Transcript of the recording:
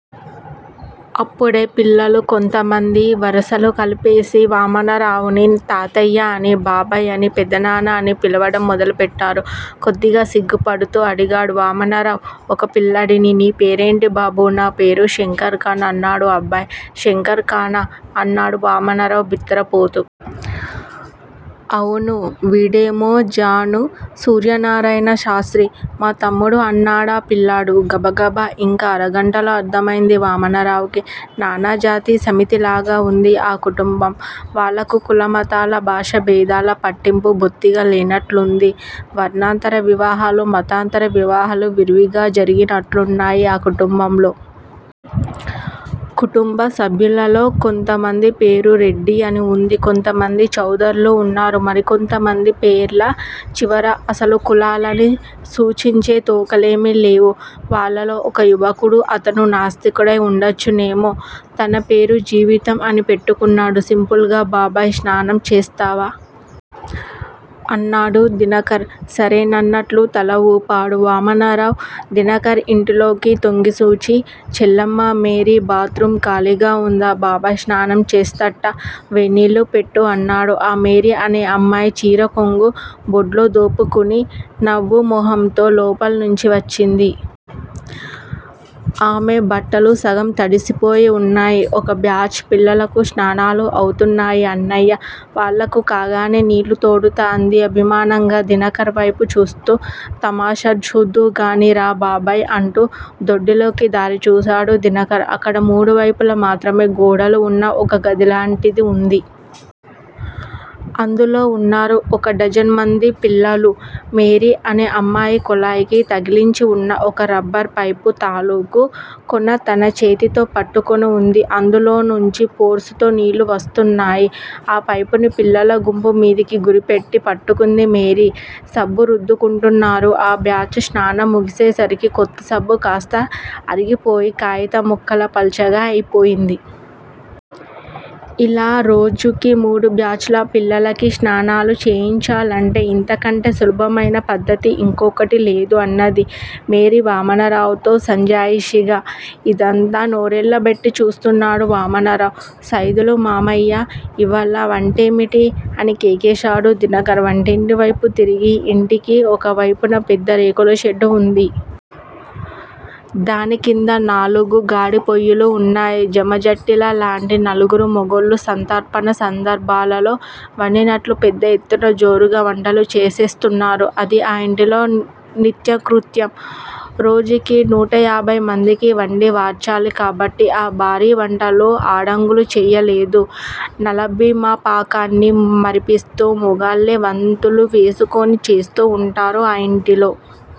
అప్పుడే పిల్లలు కొంతమంది వరసలు కలిపేసి వామనరావుని తాతయ్యాఅనీ, బాబాయ్ అని, పెదనాన్న అనీ పిలవడం మొదలెట్టారు. కొద్దిగా సిగ్గుపడుతూ అడిగాడు వామనరావు ఒక పిల్లాడిని. నీ పేరేంటి బాబూ? నా పేరు శంకర్ ఖాన్! అన్నాడా అబ్బాయి. శంకర్ ఖానా? అన్నాడు వామనరావు బిత్తరపోతూ. అవును! వీడేమో జాన్ సూర్యనారాయణ శాస్త్రి! మా తమ్ముడు అన్నాడా పిల్లాడు గబగబ. ఇంక అరగంటలో అర్ధమయింది వామనరావుకి నానాజాతి సమితిలాగా వుంది ఆ కుటుంబం! వాళ్ళకు కుల మతాల, భాషా భేదాల పట్టింపు బొత్తిగా లేనట్లుంది. వర్ణాంతర వివాహాలు, మతాంతర వివాహాలు విరివిగా జరిగినట్లున్నాయి ఆ కుటుంబంలో! కుటుంబ సభ్యులలో కొంతమంది పేరు రెడ్డి అని వుంది. కొంతమంది చౌదర్లు వున్నారు. మరికొంతమంది పేర్ల చివర అసలు కులాలని సూచించే తోకలేమీ లేవు. వాళ్ళలో ఒక యువకుడు, అతను నాస్తికుడై ఉండచ్చునేమో, తన పేరు 'జీవితం' అని పెట్టుకున్నాడు సింపుల్ గా! బాబాయ్ స్నానం చేస్తావా? అన్నాడు దినకర్. సరేనన్నట్లు తల వూపాడు వామనరావు. దినకర్ ఇంటిలోకి తొంగిచూసి చెల్లెమ్మా! మేరీ! బాత్ రూం ఖాళీగా వుందా? బాబాయ్ స్నానం చేస్తాట్ట! వేన్నీళ్ళు పెట్టు? అన్నాడు. ఆ మేరీ అనే అమ్మాయి చీర కొంగు బొడ్లో దోపుకుని నవ్వు మొహంతో లోపల్నుంచి వచ్చింది. ఆమె బట్టలు సగం తడిసిపోయి వున్నాయి. ఒక బ్యాచ్ పిల్లలకు స్నానాలు అవుతున్నాయి అన్నయ్యా? వాళ్ళకు కాగానే నీళ్ళు తోడుతా! అంది అభిమానంగా దినకర్ వైపు చూస్తూ. తమాషా చూద్దువుగాని రా బాబాయ్! అంటూ దొడ్డిలోకి దారి చూశాడు దినకర్. అక్కడ మూడు వైపుల మాత్రమే గోడలు వున్న ఒక గదిలాంటిది వుంది. అందులో ఉన్నారు ఒక డజనుమంది పిల్లలు. మేరీ అనే అమ్మాయి కొళాయికి తగిలించివున్న ఒక రబ్బరు పైపు తాలూకు కొన తన చేతితో పట్టుకొని వుంది. అందులోనుంచి ఫోర్సుతో నీళ్ళు వస్తున్నాయి. ఆ పైపుని పిల్లల గుంపు మీదికి గురిపెట్టి పట్టుకుంది మేరీ. సబ్బు రుద్దుకుంటున్నారు ఆ బ్యాచ్ స్నానం ముగిసేసరికి కొత్త సబ్బు కాస్తా అరిగిపోయి కాయితం ముక్కలా పల్చగా అయిపోయింది. ఇలా రోజుకి మూడు బ్యాచ్ ల పిల్లలకి స్నానాలు చేయించాలంటే ఇంతకంటే సులభమయిన పద్దతి ఇంకోటి లేదు! అన్నది మేరీ వామనరావు తో సంజాయిషీగా. ఇదంతా నోరెళ్ళబెట్టి చూస్తున్నాడు వామనరావు. సైదులు మామయ్యా! ఇవాళ వంటేమిటి? అని కేకేశాడు దినకర్ వంటింటివైపు తిరిగి. ఇంటికి ఒక వైపున పెద్ద రేకుల షెడ్డు ఉంది. దానికింద నాలుగు గాడిపొయ్యిలు వున్నాయి. జమాజట్టీల లాంటి నలుగురు మొగోళ్ళు సంతర్పణ సందర్భాలలో వండినట్లు పెద్ద ఎత్తున జోరుగా వంటలు చేసేస్తున్నారు. అది ఆ ఇంటిలో నిత్యకృత్యం. రోజుకి నూటయాభైమందికి వండి వార్చాలి కాబట్టి ఆ భారీ వంటలు ఆడంగులు చెయ్యలేదు. నలభీమపాకాన్ని మరిపిస్తూ, మొగాళ్ళే వంతులు వేసుకుని చేస్తూ వుంటారు ఆ ఇంటిలో.